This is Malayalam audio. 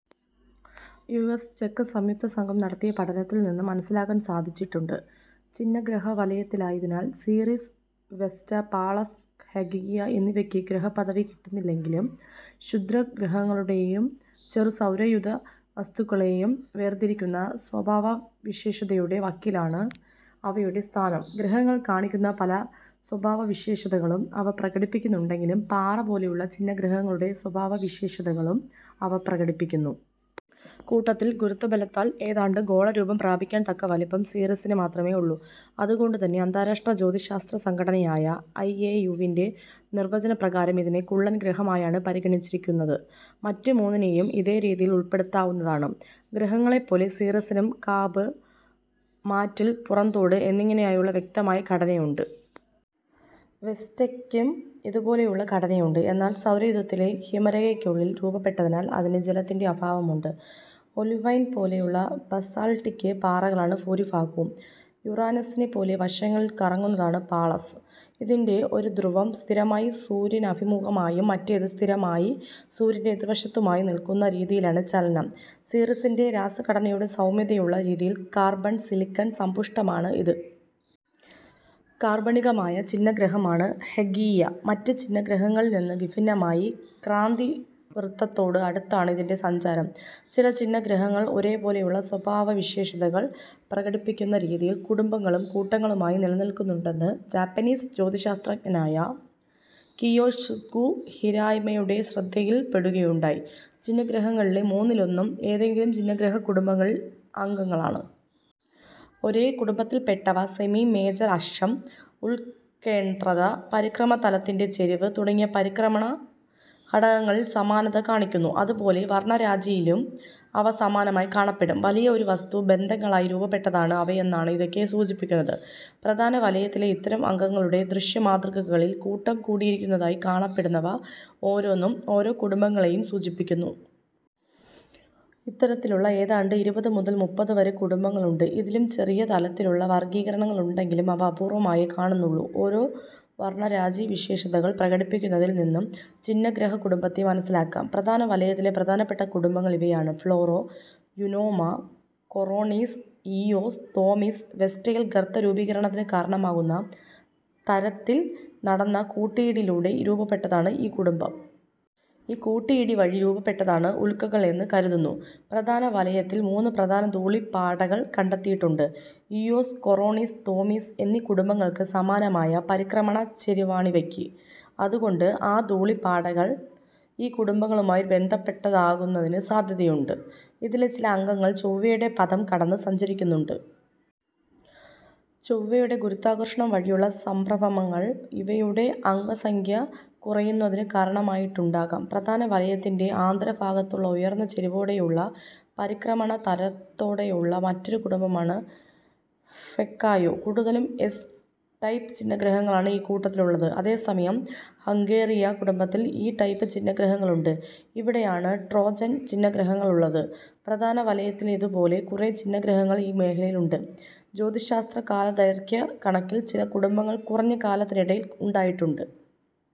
യു എസ് ചെക്ക് സംയുക്തസംഘം നടത്തിയ പഠനത്തിൽ നിന്ന് മനസ്സിലാക്കാൻ സാധിച്ചിട്ടുണ്ട്. ഛിന്നഗ്രഹ വലയത്തിലായതിനാൽ സീറീസ്, വെസ്റ്റ, പാളസ്, ഹൈഗിയ എന്നിവയ്ക്ക് ഗ്രഹപദവി കിട്ടുന്നില്ലെങ്കിലും ക്ഷുദ്ര ഗ്രഹങ്ങളെയും ചെറു സൗരയൂഥ വസ്തുക്കളേയും വേർതിരിക്കുന്ന സ്വഭാവവിശേഷതയുടെ വക്കിലാണ് അവയുടെ സ്ഥാനം. ഗ്രഹങ്ങൾ കാണിക്കുന്ന പല സ്വഭാവവിശേഷതകളും അവ പ്രകടിപ്പിക്കുന്നുണ്ടെങ്കിലും പാറ പോലെയുള്ള ഛിന്നഗ്രഹങ്ങളുടെ സ്വഭാവവിശേഷതകളും അവ പ്രകടിപ്പിക്കുന്നു. കൂട്ടത്തിൽ ഗുരുത്വബലത്താൽ ഏതാണ്ട് ഗോള രൂപം പ്രാപിക്കാൻ തക്ക വലിപ്പം സീറിസിന് മാത്രമേ ഉള്ളൂ. അതുകൊണ്ട് തന്നെ അന്താരാഷ്ട്ര ജ്യോതിശാസ്ത്ര സംഘടനയായ ഐ എ യുവിൻ്റെ നിർവ്വചന പ്രകാരം ഇതിനെ കുള്ളൻ ഗ്രഹമായാണ് പരിഗണിച്ചിരിക്കുന്നത്. മറ്റ് മൂന്നിനേയും ഇതേ രീതിയിൽ ഉൾപ്പെടുത്താവുന്നതാണ്. ഗ്രഹങ്ങളെ പോലെ സീറീസിനും കാമ്പ്, മാൻ്റിൽ, പുറംതോട് എന്നിങ്ങനെയായുള്ള വ്യക്തമായ ഘടനയുണ്ട്. വെസ്റ്റയ്ക്കും ഇതുപോലെയുള്ള ഘടനയുണ്ട്, എന്നാൽ സൗരയൂഥത്തിലെ ഹിമരേഖയ്ക്കുള്ളിൽ രൂപപ്പെട്ടതിനാൽ അതിന് ജലത്തിൻ്റെ അഭാവമുണ്ട്. ഒലീവൈൻ പോലെയുള്ള ബസാൾട്ടിക്ക് പാറകളാണ് ഫൂരിഭാഗവും. യുറാനസിനെ പോലെ വശങ്ങളിൽ കറങ്ങുന്നതാണ് പാളസ്. ഇതിൻ്റെ ഒരു ധ്രുവം സ്ഥിരമായി സൂര്യനഭിമുഖമായും മറ്റേത് സ്ഥിരമായി സൂര്യൻ്റെ എതിർവശത്തുമായി നിൽക്കുന്ന രീതിയിലാണ് ചലനം. സീറീസിൻ്റെ രാസഘടനയോട് സാമ്യതയുള്ള രീതിയിൽ കാർബൺ, സിലിക്കൺ സമ്പുഷ്ടമാണ് ഇത്. കാർബണികമായ ഛിന്നഗ്രഹമാണ് ഹൈഗിയ, മറ്റ് ഛിന്നഗ്രഹങ്ങളിൽ നിന്ന് വിഫിന്നമായി ക്രാന്തി വൃത്തത്തോട് അടുത്താണ് ഇതിൻ്റെ സഞ്ചാരം. ചില ഛിന്നഗ്രഹങ്ങൾ ഒരേ പോലെയുള്ള സ്വഭാവവിശേഷതകൾ പ്രകടിപ്പിക്കുന്ന രീതിയിൽ കുടുംബങ്ങളും കൂട്ടങ്ങളുമായി നിലനിൽക്കുന്നുണ്ടെന്ന് ജാപ്പനീസ് ജ്യോതിശാസ്ത്രജ്ഞനായ കിയോത്സുഗു ഹിരായമയുടെ ശ്രദ്ധയിൽ പെടുകയുണ്ടായി. ഛിന്നഗ്രഹങ്ങളിലെ മൂന്നിലൊന്നും ഏതെങ്കിലും ഛിന്നഗ്രഹ കുടുംബങ്ങളിൽ അംഗങ്ങളാണ്. ഒരേ കുടുംബത്തിൽ പെട്ടവ സെമി മേജർ അക്ഷം, ഉത്കേന്ദ്രത, പരിക്രമണതലത്തിൻ്റെ ചെരിവ് തുടങ്ങിയ പരിക്രമണ ഘടകങ്ങളിൽ സമാനത കാണിക്കുന്നു. അതുപോലെ വർണ്ണരാജിയിലും അവ സമാനമായി കാണപ്പെടും. വലിയ ഒരു വസ്തു ഖണ്ഡങ്ങളായി രൂപപ്പെട്ടതാണ് അവയെന്നാണ് ഇതൊക്കെ സൂചിപ്പിക്കുന്നത്. പ്രധാന വലയത്തിലെ ഇത്തരം അംഗങ്ങളുടെ ദൃശ്യമാതൃകകളിൽ കൂട്ടം കൂടിയിരിക്കുന്നതായി കാണപ്പെടുന്നവ ഓരോന്നും ഓരോ കുടുംബങ്ങളെയും സൂചിപ്പിക്കുന്നു. ഇത്തരത്തിലുള്ള ഏതാണ്ട് ഇരുപത് മുതൽ മുപ്പത് വരെ കുടുംബങ്ങളുണ്ട്. ഇതിലും ചെറിയ തലത്തിലുള്ള വർഗ്ഗീകരണങ്ങളുണ്ടെങ്കിലും അവ അപൂർവ്വമായേ കാണുന്നുള്ളൂ. ഒരേ വർണ്ണരാജി വിശേഷതകൾ പ്രകടിപ്പിക്കുന്നതിൽ നിന്നും ഛിന്നഗ്രഹ കുടുംബത്തെ മനസ്സിലാക്കാം. പ്രധാന വലയത്തിലെ പ്രധാനപ്പെട്ട കുടുംബങ്ങൾ ഇവയാണ്: Flora, Eunomia, Coronis, Eos, Themis. വെസ്റ്റയിൽ ഗർത്തരൂപീകരണത്തിന് കാരണമാകുന്ന തരത്തിൽ നടന്ന കൂട്ടിയിടിയിലൂടെ രൂപപ്പെട്ടതാണ് ഈ കുടുംബം. ഈ കൂട്ടിയിടി വഴി രൂപപ്പെട്ടതാണ് ഉൽക്കകൾ എന്ന് കരുതുന്നു. പ്രധാന വലയത്തിൽ മൂന്ന് പ്രധാന ധൂളി പാടകൾ കണ്ടെത്തിയിട്ടുണ്ട്. ഇയോസ്, കൊറോണിസ്, തേമിസ് എന്നീ കുടുംബങ്ങൾക്ക് സമാനമായ പരിക്രമണ ചെരിവാണിവയ്ക്ക്. അതുകൊണ്ട് ആ ധൂളി പാടകൾ ഈ കുടുംബങ്ങളുമായി ബന്ധപ്പെട്ടതാകുന്നതിന് സാധ്യതയുണ്ട്. ഇതിലെ ചില അംഗങ്ങൾ ചൊവ്വയുടെ പഥം കടന്ന് സഞ്ചരിക്കുന്നുണ്ട്. ചൊവ്വയുടെ ഗുരുത്വാകർഷണം വഴിയുള്ള സംഭ്രഭമങ്ങൾ ഇവയുടെ അംഗസംഖ്യ കുറയുന്നതിന് കാരണമായിട്ടുണ്ടാകാം. പ്രധാന വലയത്തിൻ്റെ ആന്തരഭാഗത്തുള്ള ഉയർന്ന ചെരിവോടെയുള്ള പരിക്രമണ തലത്തോടെയുള്ള മറ്റൊരു കുടുംബമാണ് ഫെക്കായോ. കൂടുതലും എസ് ടൈപ്പ് ഛിന്നഗ്രഹങ്ങളാണ് ഈ കൂട്ടത്തിലുള്ളത്, അതേസമയം ഹംഗേറിയ കുടുംബത്തിൽ ഈ ടൈപ്പ് ഛിന്നഗ്രഹങ്ങളുണ്ട്. ഇവിടെയാണ് ട്രോജൻ ഛിന്നഗ്രഹങ്ങളുള്ളത്, പ്രധാന വലയത്തിലേതു പോലെ കുറേ ഛിന്നഗ്രഹങ്ങൾ ഈ മേഖലയിലുണ്ട്. ജ്യോതിശാസ്ത്ര കാലദൈർഘ്യ കണക്കിൽ ചില കുടുംബങ്ങൾ കുറഞ്ഞ കാലത്തിനിടയിൽ ഉണ്ടായിട്ടുണ്ട്.